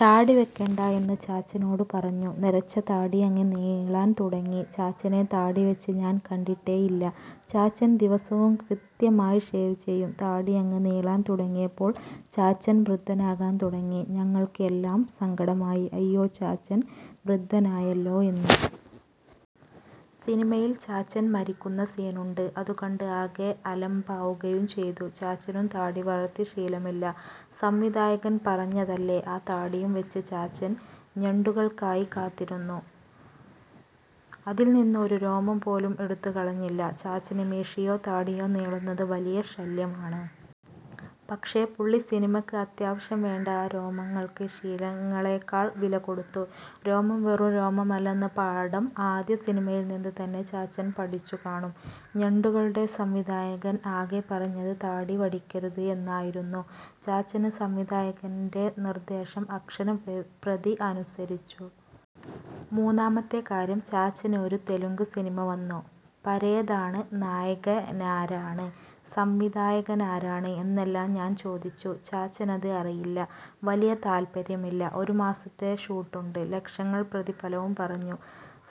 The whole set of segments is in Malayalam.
താടി വയ്ക്കണ്ടാ എന്ന് ചാച്ചനോട് പറഞ്ഞു. നരച്ച താടി അങ്ങ് നീളാൻ തുടങ്ങി. ചാച്ചനെ താടിവെച്ച് ഞാൻ കണ്ടിട്ടേയില്ല. ചാച്ചൻ ദിവസവും കൃത്യമായി ഷേവ് ചെയ്യും. താടി അങ്ങ് നീളാൻ തുടങ്ങിയപ്പോൾ ചാച്ചൻ വൃദ്ധനാകാൻ തുടങ്ങി. ഞങ്ങൾക്ക് എല്ലാം സങ്കടമായി. അയ്യോ ചാച്ചൻ വൃദ്ധനായല്ലോ എന്ന്. സിനിമയിൽ ചാച്ചൻ മരിക്കുന്ന സീനുണ്ട്. അതുകണ്ട് ആകെ അലമ്പാവുകയും ചെയ്തു. ചാച്ചനും താടി വളർത്തി ശീലമില്ല. സംവിധായകൻ പറഞ്ഞതല്ലേ, ആ താടിയും വെച്ച് ചാച്ചൻ ഞണ്ടുകൾക്കായി കാത്തിരുന്നു. അതിൽ നിന്ന് ഒരു രോമം പോലും എടുത്തു കളഞ്ഞില്ല. ചാച്ചന് മീശയോ, താടിയോ നീളുന്നത് വലിയ ശല്യമാണ്. പക്ഷേ പുള്ളി സിനിമയ്ക്ക് അത്യാവശ്യം വേണ്ട ആ രോമങ്ങൾക്ക് ശീലങ്ങളെക്കാൾ വില കൊടുത്തു. രോമം വെറും രോമമല്ലെന്ന് പാഠം ആദ്യ സിനിമയിൽ നിന്ന് തന്നെ ചാച്ചൻ പഠിച്ചു കാണും. ഞണ്ടുകളുടെ സംവിധായകൻ ആകെ പറഞ്ഞത് താടി വടിയ്ക്കരുത് എന്നായിരുന്നു. ചാച്ചന്, സംവിധായകൻ്റെ നിർദ്ദേശം, അക്ഷരം പ്രതി അനുസരിച്ചു. മൂന്നാമത്തെ കാര്യം, ചാച്ചന് ഒരു തെലുങ്ക് സിനിമ വന്നു. പരേതാണ്, നായകനാരാണ്, സംവിധായകനാര് എന്നെല്ലാം ഞാൻ ചോദിച്ചു. ചാച്ചനത് അറിയില്ല. വലിയ താല്പ്പര്യമില്ല. ഒരു മാസത്തെ ഷൂട്ടുണ്ട്. ലക്ഷങ്ങൾ പ്രതിഫലവും പറഞ്ഞു.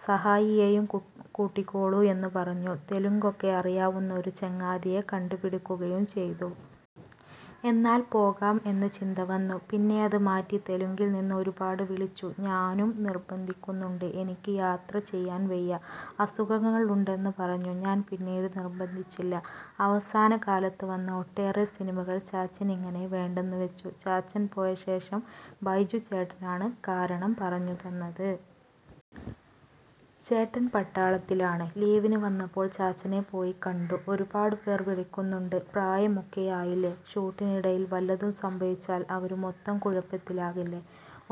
സഹായിയേയും കുട് കൂട്ടിക്കോളൂ എന്ന് പറഞ്ഞു. തെലുങ്കൊക്കെ അറിയാവുന്ന ഒരു ചങ്ങാതിയെ കണ്ടുപിടിക്കുകയും ചെയ്തു. എന്നാൽ പോകാം എന്ന ചിന്ത വന്നു. പിന്നെയത് മാറ്റി. തെലുങ്കിൽ നിന്ന് ഒരുപാട് വിളിച്ചു. ഞാനും നിർബന്ധിക്കുന്നുണ്ട്. എനിക്ക് യാത്ര ചെയ്യാൻ വയ്യ. അസുഖങ്ങൾ ഉണ്ടെന്ന് പറഞ്ഞു. ഞാൻ പിന്നീട് നിർബന്ധിച്ചില്ല. അവസാന കാലത്ത് വന്ന ഒട്ടേറെ സിനിമകൾ ചാച്ചനിങ്ങനെ വേണ്ടെന്ന് വെച്ചു. ചാച്ചൻ പോയ ശേഷം ബൈജു ചേട്ടനാണ് കാരണം പറഞ്ഞു തന്നത്. ചേട്ടൻ പട്ടാളത്തിലാണ്. ലീവിന് വന്നപ്പോൾ ചാച്ചനെ പോയി കണ്ടു. "ഒരുപാടുപേർ വിളിക്കുന്നുണ്ട്. പ്രായമൊക്കെയായില്ലേ, ഷൂട്ടിനിടയിൽ വല്ലതും സംഭവിച്ചാൽ അവരു മൊത്തം കുഴപ്പത്തിലാകില്ലേ,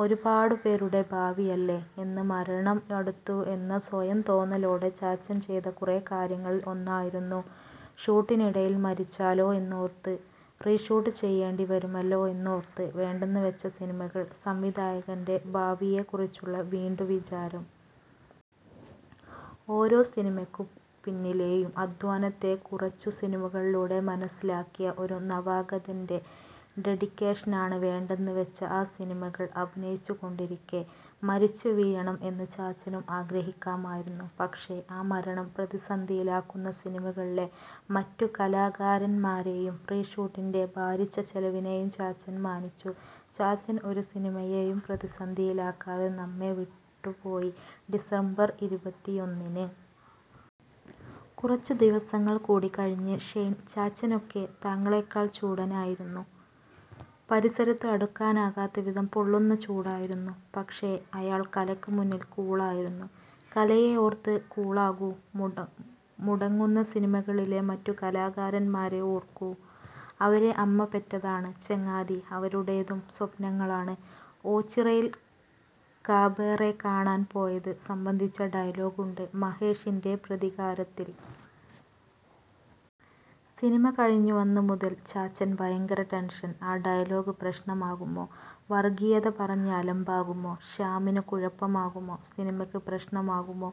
ഒരുപാടുപേരുടെ ഭാവിയല്ലേ" എന്ന്. മരണം അടുത്തു എന്ന സ്വയം തോന്നലോടെ ചാച്ചൻ ചെയ്ത കുറേ കാര്യങ്ങളിൽ ഒന്നായിരുന്നു, ഷൂട്ടിന് ഇടയിൽ മരിച്ചാലോ എന്നോർത്ത്, റീഷൂട്ട് ചെയ്യേണ്ടി വരുമല്ലോ എന്നോർത്ത് വേണ്ടെന്ന് വെച്ച സിനിമകൾ; സംവിധായകൻ്റെ ഭാവിയെ കുറിച്ചുള്ള വീണ്ടുവിചാരം. ഓരോ സിനിമയ്ക്ക് പിന്നിലേയും അധ്വാനത്തെ കുറച്ചു സിനിമകളിലൂടെ മനസ്സിലാക്കിയ ഒരു നവാഗതൻ്റെ ഡെഡിക്കേഷനാണ് വേണ്ടെന്ന് വെച്ച ആ സിനിമകൾ. അഭിനയിച്ചുകൊണ്ടിരിക്കേ മരിച്ചു വീഴണം എന്ന് ചാച്ചനും ആഗ്രഹിക്കാമായിരുന്നു. പക്ഷേ, ആ മരണം പ്രതിസന്ധിയിലാക്കുന്ന സിനിമകളിലെ മറ്റു കലാകാരന്മാരെയും റീഷൂട്ടിൻ്റെ ഭാരിച്ച ചെലവിനേയും ചാച്ചൻ മാനിച്ചു. ചാച്ചൻ ഒരു സിനിമയേയും പ്രതിസന്ധിയിലാക്കാതെ നമ്മെ വിട്ടുപോയി, ഡിസംബർ ഇരുപത്തിയൊന്നിന്. കുറച്ചു ദിവസങ്ങൾ കൂടിക്കഴിഞ്ഞ്. ഷെയ്ൻ, ചാച്ചനൊക്കെ താങ്കളെക്കാൾ ചൂടനായിരുന്നു. പരിസരത്ത് അടുക്കാനാകാത്ത വിധം പൊള്ളുന്ന ചൂടായിരുന്നു. പക്ഷേ, അയാൾ കലയ്ക്ക് മുന്നിൽ കൂളായിരുന്നു. കലയെ ഓർത്ത് കൂളാകൂ. മുട മുടങ്ങുന്ന സിനിമകളിലെ മറ്റു കലാകാരന്മാരെ ഓർക്കൂ. അവരെ അമ്മ പെറ്റതാണ് ചങ്ങാതീ. അവരുടേതും സ്വപ്നങ്ങളാണ്. "ഓച്ചിറയിൽ കാബറേ കാണാൻ പോയത്" സംബന്ധിച്ച ഡയലോഗുണ്ട് മഹേഷിൻ്റെ പ്രതികാരത്തിൽ. സിനിമ കഴിഞ്ഞു വന്ന മുതൽ ചാച്ചൻ ഭയങ്കര ടെൻഷൻ. ആ ഡയലോഗ് പ്രശ്നമാകുമോ. വർഗ്ഗീയത പറഞ്ഞ് അലമ്പാകുമോ. ശ്യാമിന് കുഴപ്പമാകുമോ. സിനിമയ്ക്ക് പ്രശ്നമാകുമോ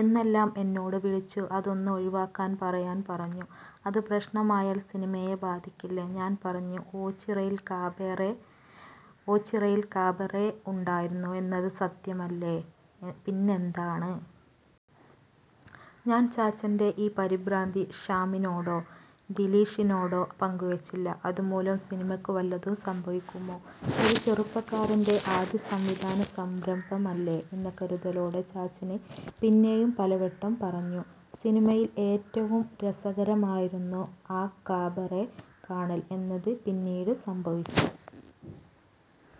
എന്നെല്ലാം. എന്നോട് വിളിച്ചു, അതൊന്ന് ഒഴിവാക്കാൻ പറയാൻ പറഞ്ഞു. അതു പ്രശ്നമായാൽ സിനിമയെ ബാധിക്കില്ലേ. ഞാൻ പറഞ്ഞു, ഓച്ചിറയിൽ കാബറേ ഓച്ചിറയിൽ കാബറേ ഉണ്ടായിരുന്നു എന്നത് സത്യമല്ലേ, പിന്നെന്താണ്. ഞാൻ ചാച്ചൻ്റെ ഈ പരിഭ്രാന്തി ശ്യാമിനോടോ ദിലീഷിനോടോ പങ്കുവെച്ചില്ല. അതുമൂലം സിനിമയ്ക്ക് വല്ലതും സംഭവിക്കുമോ, ഒരു ചെറുപ്പക്കാരൻ്റെ ആദ്യ സംവിധാന സംരംഭമല്ലേ എന്ന കരുതലോടെ, ചാച്ചന് പിന്നെയും പലവട്ടം പറഞ്ഞു. സിനിമയിൽ ഏറ്റവും രസകരമായിരുന്നു ആ കാബറേ കാണൽ എന്നത് പിന്നീട് സംഭവിച്ചു.